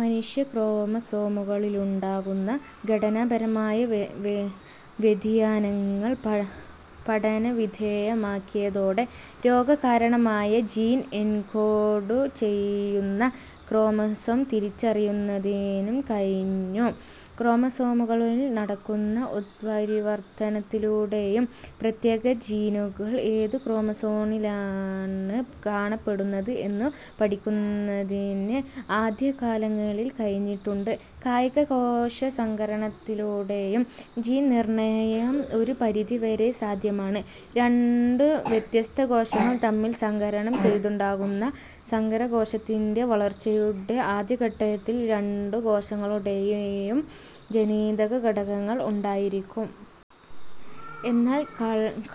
മനുഷ്യക്രോമസോമുകളിലുണ്ടാകുന്ന ഘടനാപരമായ വ്യതിയാനങ്ങൾ പഠനവിധേയമാക്കിയതോടെ രോഗകാരണമായ ജീൻ എൻകോഡു ചെയ്യുന്ന ക്രോമസോം തിരിച്ചറിയുന്നതിനും കഴിഞ്ഞു. ക്രോമസോമുകളിൽ നടക്കുന്ന ഉത്പരിവർത്തനത്തിലൂടെയും പ്രത്യേക ജീനുകൾ ഏതു ക്രോമസോമിലാണ് കാണപ്പെടുന്നത് എന്നു പഠിക്കുന്നതിന് ആദ്യകാലങ്ങളിൽ കഴിഞ്ഞിട്ടുണ്ട്. കായികകോശ സങ്കരണത്തിലൂടെയും ജീൻ നിർണയം ഒരു പരിധിവരെ സാധ്യമാണ്. രണ്ടു വ്യത്യസ്ത കോശങ്ങൾ തമ്മിൽ സങ്കരണം ചെയ്തുണ്ടാക്കുന്ന സങ്കരകോശത്തിന്റെ വളർച്ചയുടെ ആദ്യഘട്ടത്തിൽ രണ്ടു കോശങ്ങളുടേയും ജനിതക ഘടകങ്ങൾ ഉണ്ടായിരിക്കും. എന്നാൽ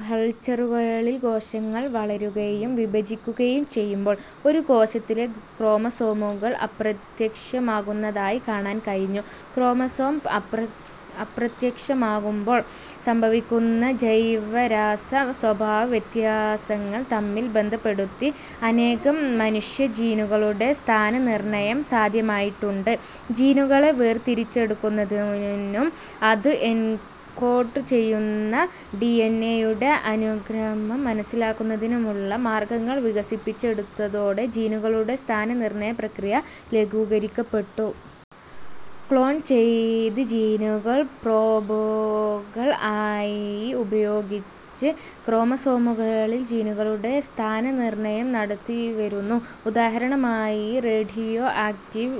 കൾച്ചറുകളിൽ കോശങ്ങൾ വളരുകയും വിഭജിക്കുകയും ചെയ്യുമ്പോൾ ഒരു കോശത്തിലെ ക്രോമസോമുകൾ അപ്രത്യക്ഷമാകുന്നതായി കാണാൻ കഴിഞ്ഞു. ക്രോമസോം അപ്രത്യക്ഷമാകുമ്പോൾ സംഭവിക്കുന്ന ജൈവരാസ സ്വഭാവ വ്യത്യാസങ്ങൾ തമ്മിൽ ബന്ധപ്പെടുത്തി അനേകം മനുഷ്യജീനുകളുടെ സ്ഥാനനിർണയം സാധ്യമായിട്ടുണ്ട്. ജീനുകളെ വേർതിരിച്ചെടുക്കുന്നതിനും അതു എൻകോഡു ചെയ്യുന്ന ഡിഎൻഎ യുടെ അനുക്രമം മനസ്സിലാക്കുന്നതിനുമുള്ള മാർഗങ്ങൾ വികസിപ്പിച്ചെടുത്തതോടെ ജീനുകളുടെ സ്ഥാന നിർണയ പ്രക്രിയ ലഘൂകരിക്കപ്പെട്ടു. ക്ലോൺ ചെയ്ത ജീനുകൾ പ്രോബുകൾ ആയി ഉപയോഗിച്ച് ക്രോമസോമുകളിൽ ജീനുകളുടെ സ്ഥാനനിർണയം നടത്തിവരുന്നു. ഉദാഹരണമായി റേഡിയോ ആക്റ്റീവ്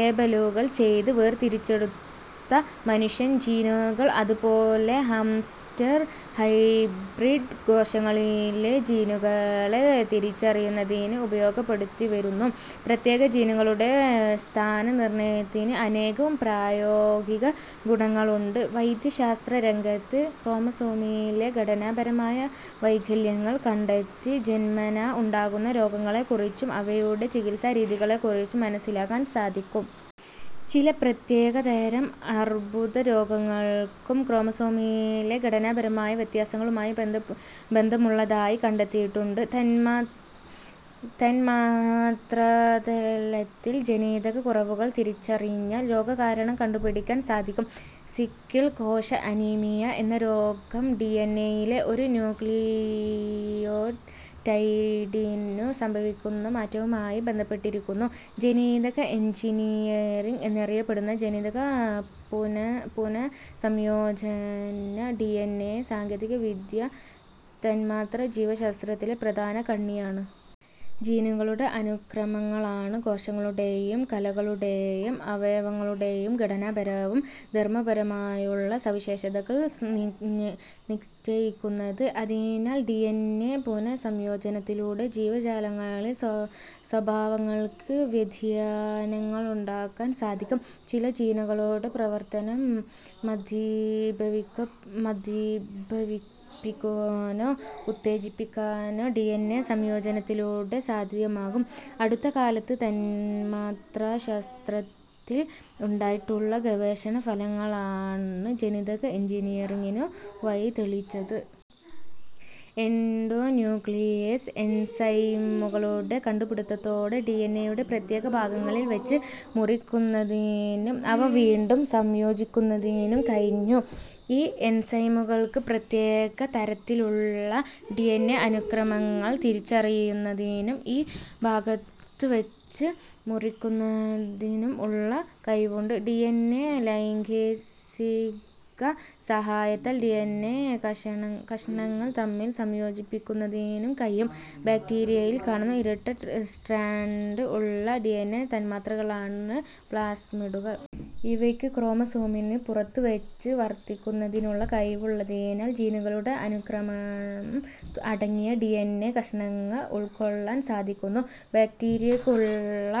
ലേബലുകൾ ചെയ്ത് വേർതിരിച്ചെടുത്ത മനുഷ്യ ജീനുകൾ അതുപോലുള്ള ഹാംസ്റ്റർ ഹൈബ്രിഡ് കോശങ്ങളിലെ ജീനുകളെ തിരിച്ചറിയുന്നതിന് ഉപയോഗപ്പെടുത്തിവരുന്നു. പ്രത്യേക ജീനുകളുടെ സ്ഥാനനിർണയത്തിന് അനേകം പ്രായോഗിക ഗുണങ്ങളുണ്ട്. വൈദ്യശാസ്ത്രരംഗത്ത് ക്രോമസോമിലെ ഘടനാപരമായ വൈകല്യങ്ങൾ കണ്ടെത്തി ജന്മനാ ഉണ്ടാകുന്ന രോഗങ്ങളെക്കുറിച്ചും അവയുടെ ചികിത്സാരീതികളെക്കുറിച്ചും മനസ്സിലാക്കാൻ സാധിക്കും. ചില പ്രത്യേകതരം അർബുദ രോഗങ്ങൾക്കും ക്രോമസോമിലെ ഘടനാപരമായ വ്യത്യാസങ്ങളുമായി ബന്ധമുള്ളതായി കണ്ടെത്തിയിട്ടുണ്ട്. തന്മാത്രാതലത്തിൽ ജനിതക കുറവുകൾ തിരിച്ചറിഞ്ഞാൽ രോഗകാരണം കണ്ടുപിടിക്കാൻ സാധിക്കും. സിക്കിൾ കോശ അനീമിയ എന്ന രോഗം ഡിഎൻഎ യിലെ ഒരു ന്യൂക്ലിയോറ്റൈഡിനു സംഭവിക്കുന്ന മാറ്റവുമായി ബന്ധപ്പെട്ടിരിക്കുന്നു.. ജനിതക എൻജിനീയറിങ് എന്നറിയപ്പെടുന്ന ജനിതക പുനഃസംയോജന ഡിഎൻഎ സാങ്കേതികവിദ്യ തന്മാത്രാജീവശാസ്ത്രത്തിലെ പ്രധാന കണ്ണിയാണ്. ജീനുകളുടെ അനുക്രമങ്ങളാണ് കോശങ്ങളുടേയും കലകളു ടേയും അവയവങ്ങളുടേയും ഘടനാപരവും ധർമപരവുമായുള്ള സവിശേഷതകൾ നിശ്ചയിക്കുന്നത്. അതിനാൽ ഡിഎൻഎ പുനഃ സംയോജനത്തിലൂടെ ജീവജാലങ്ങളിൽ സ്വഭാവങ്ങൾക്ക് വ്യതിയാനങ്ങളുണ്ടാക്കാൻ സാധിക്കും. ചില ജീനുകളുടെ പ്രവർത്തനം മന്ദീഭവിപ്പിക്കുവാനോ ഉത്തേജിപ്പിക്കുവാനോ ഡിഎൻഎ സംയോജനത്തിലൂടെ സാധ്യമാകും. അടുത്തകാലത്ത് തന്മാത്രാശാസ്ത്രത്തിൽ ഉണ്ടായിട്ടുള്ള ഗവേഷണ ഫലങ്ങളാണ് ജനിതക എൻജിനീയറിങ്ങിനു വഴിതെളിച്ചത്. എൻഡോന്യൂക്ലിയേസ് എൻസൈമുകളുടെ കണ്ടുപിടിത്തത്തോടെ ഡിഎൻഎയുടെ പ്രത്യേക ഭാഗങ്ങളിൽ വച്ച് മുറിക്കുന്നതിനും അവ വീണ്ടും സംയോജിപ്പിക്കുന്നതിനും കഴിഞ്ഞു. ഈ എൻസൈമുകൾക്ക് പ്രത്യേക തരത്തിലുള്ള ഡിഎൻഎ അനുക്രമങ്ങൾ തിരിച്ചറിയുന്നതിനും ഈ ഭാഗത്തുവച്ച് മുറിക്കുന്നതിനും ഉള്ള കഴിവുണ്ട്. ഡിഎൻഎ ലൈഗേസിന്റെ സഹായത്താൽ ഡിഎൻഎ കഷണങ്ങൾ തമ്മിൽ സംയോജിപ്പിക്കുന്നതിനും കഴിയും. ബാക്ടീരിയയിൽ കാണുന്ന ഇരട്ട സ്ട്രാൻഡ് ഉള്ള ഡിഎൻഎ തന്മാത്രകളാണ് പ്ലാസ്മിഡുകൾ. ഇവയ്ക്ക് ക്രോമസോമിന് പുറത്തുവച്ച് വർധിക്കുന്നതിനുള്ള കഴിവുള്ളതിനാൽ ജീനുകളുടെ അനുക്രമം അടങ്ങിയ ഡിഎൻഎ കഷണങ്ങൾ ഉൾക്കൊള്ളാൻ സാധിക്കുന്നു. ബാക്ടീരിയ്ക്കുള്ളിൽ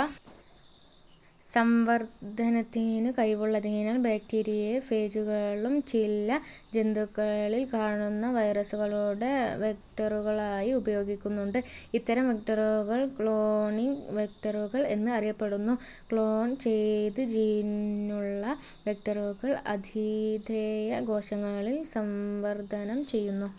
സംവർധനത്തിനു കഴിവുള്ളതിനാൽ ബാക്ടീരിയ ഫേജുകളും ചില ജന്തുക്കളിൽ കാണുന്ന വൈറസുകളുടെ വെക്ടറുകളായി ഉപയോഗിക്കുന്നുണ്ട്. ഇത്തരം വെക്ടറുകൾ ക്ളോണിങ് വെക്ടറുകൾ എന്ന് അറിയപ്പെടുന്നു. ക്ളോൺ ചെയ്ത ജീനുള്ള വെക്ടറുകൾ ആതിഥേയ കോശങ്ങളിൽ സംവർധനം ചെയ്യുന്നു.